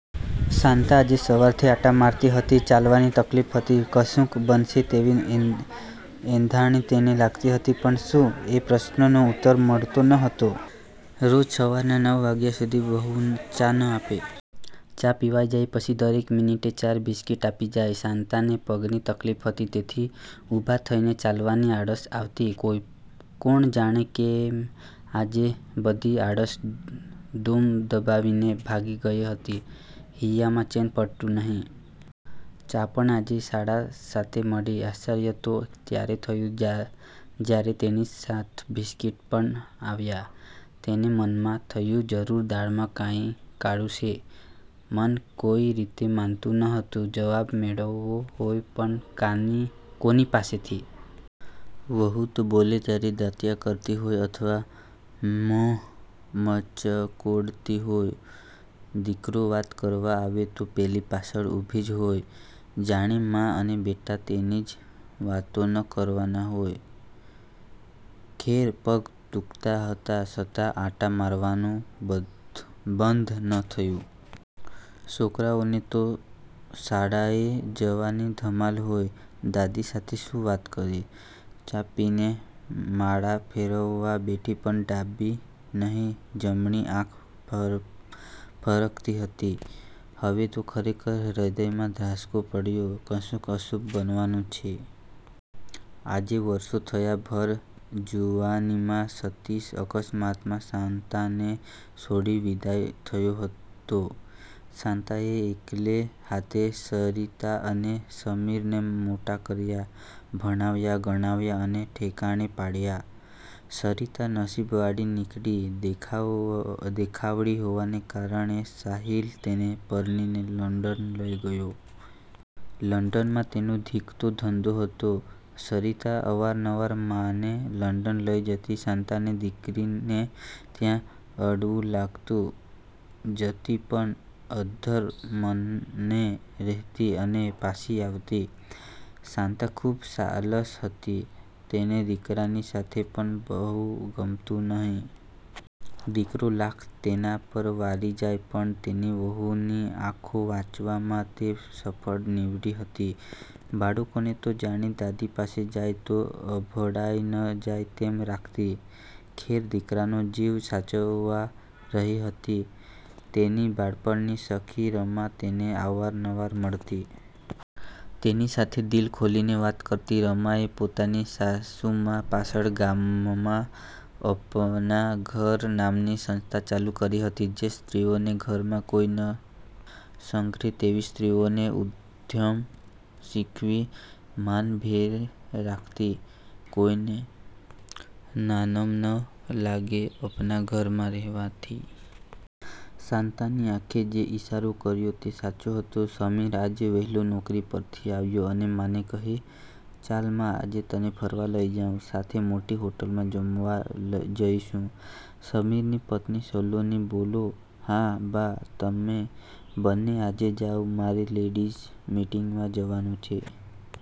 શાંતા આજે સવારથી આંટા મારતી હતી. ચાલવાની તકલીફ હતી. કશુંક બનશે તેવી એં એંધાણી તેને લાગતી હતી, પણ શું? એ પ્રશ્નનો ઉત્તર મળતો ન હતો. રોજ સવારના નવ વાગ્યા સુધી વહુ ચા ન આપે. ચા પિવાઈ જાય પછી દરેક મિનિટે ચાર બિસ્કિટ આપી જાય. શાંતાને પગની તકલીફ હતી, તેથી ઊભા થઈને ચાલવાની આળસ આવતી. કોઈ કોણ જાણે કેમ આજે બધી આળસ દુમ દબાવીને ભાગી ગઈ હતી. હૈયામાં ચેન પડતું નહીં. ચા પણ આજે સાડા સાતે મળી. આશ્ચર્ય તો ત્યારે થયું જ્યાં જ્યારે તેની સાથ બિસ્કિટ પણ આવ્યા. તેને મનમાં થયું જરૂર દાળમાં કાંઈ કાળું છે. મન કોઈ રીતે માનતું ન હતું. જવાબ મેળવવો હોય પન કાની કોની પાસેથી? વહુ તો બોલે ત્યારે દાંતિયા કરતી હોય, અથવા મ્હોં મચકોડતી હોય. દીકરો વાત કરવા આવે તો પેલી પાસળ ઊભી જ હોય. જાણે મા અને બેટા તેની જ વાતો ન કરવાના હોય! ખેર પગ દુખતા હતાં સતા આંટા મારવાનું બધ્ધ બંધ ન થયું. સોકરાઓને તો શાળાએ જવાની ધમાલ હોય. દાદી સાથે શું વાત કરે? ચા પીને માળા ફેરવવા બેઠી પન ડાબી નહીં જમની આંખ ફરક ફરકતી હતી. હવે, તો ખરેખર હ્રદયમાં ધ્રાસકો પડ્યો! કશુંક અશુભ બનવાનું છે. આજે વર્ષો થયા ભર જુવાનીમાં સતીશ, અકસ્માતમાં શાંતાને સોડી વિદાય થયો હતો. શાંતાએ એકલે હાથે સરિતા અને સમીરને મોટા કર્યા. ભણાવ્યા, ગણાવ્યા અને ઠેકાણે પાડ્યા. સરિતા નસીબવાળી નીકળી. દેખાવ દેખાવડી હોવાને કારણે સાહિલ તેને પરણીને લંડન લઈ ગયો. લડંનમાં તેનો ધીકતો ધંધો હતો. સરિતા અવારનવાર માને લંડન લઈ જતી. શાંતાને દીકરીને ત્યાં અડવું લાગતું. જતી પણ અદ્ધર મને રહેતી અને પાસી આવતી. શાંતા ખૂબ સાલસ હતી. તેને દીકરાની સાથે પણ બહુ ગમતું નહી. દીકરો લાખ તેના પર વારી જાય પણ તેની વહુની આંખો વાંચવામાં તે સફળ નિવડી હતી. બાળકોને તો જાણે, દાદી પાસે જાય તો અભડાઈ ન જાય તેમ રાખતી. ખેર, દીકરાનો જીવ સાચવવા રહી હતી. તેની બાળપણની સખી રમા તેને અવારનવાર મળતી. તેની સાથે દિલ ખોલીને વાત કરતી. રમાએ પોતાની સાસુમા પાસળ ગામમાં 'અપના ઘર' નામની સંસ્થા ચાલુ કરી હતી. જે સ્ત્રીઓને ઘરમાં કોઈ ન સંઘરે તેવી સ્ત્રીઓને ઉદ્યમ શીખવી, માન ભેર રાખતી. કોઈને નાનમ ન લાગે અપના ઘરમાં રહેવાથી. શાંતાની આંખે જે ઈશારો કર્યો તે સાચો હતો. સમીર આજે વહેલો નોકરી પરથી આવ્યો, અને માને કહે, "ચાલ મા આજે તને ફરવા લઈ જાઉં. સાથે મોટી હોટલમાં જમવા લ જઈશું." સમીરની પત્ની સલોની બોલો, "હા, બા તમે બન્ને આજે જાવ મારે લેડીઝ મિટિંગમાં જવાનું છે."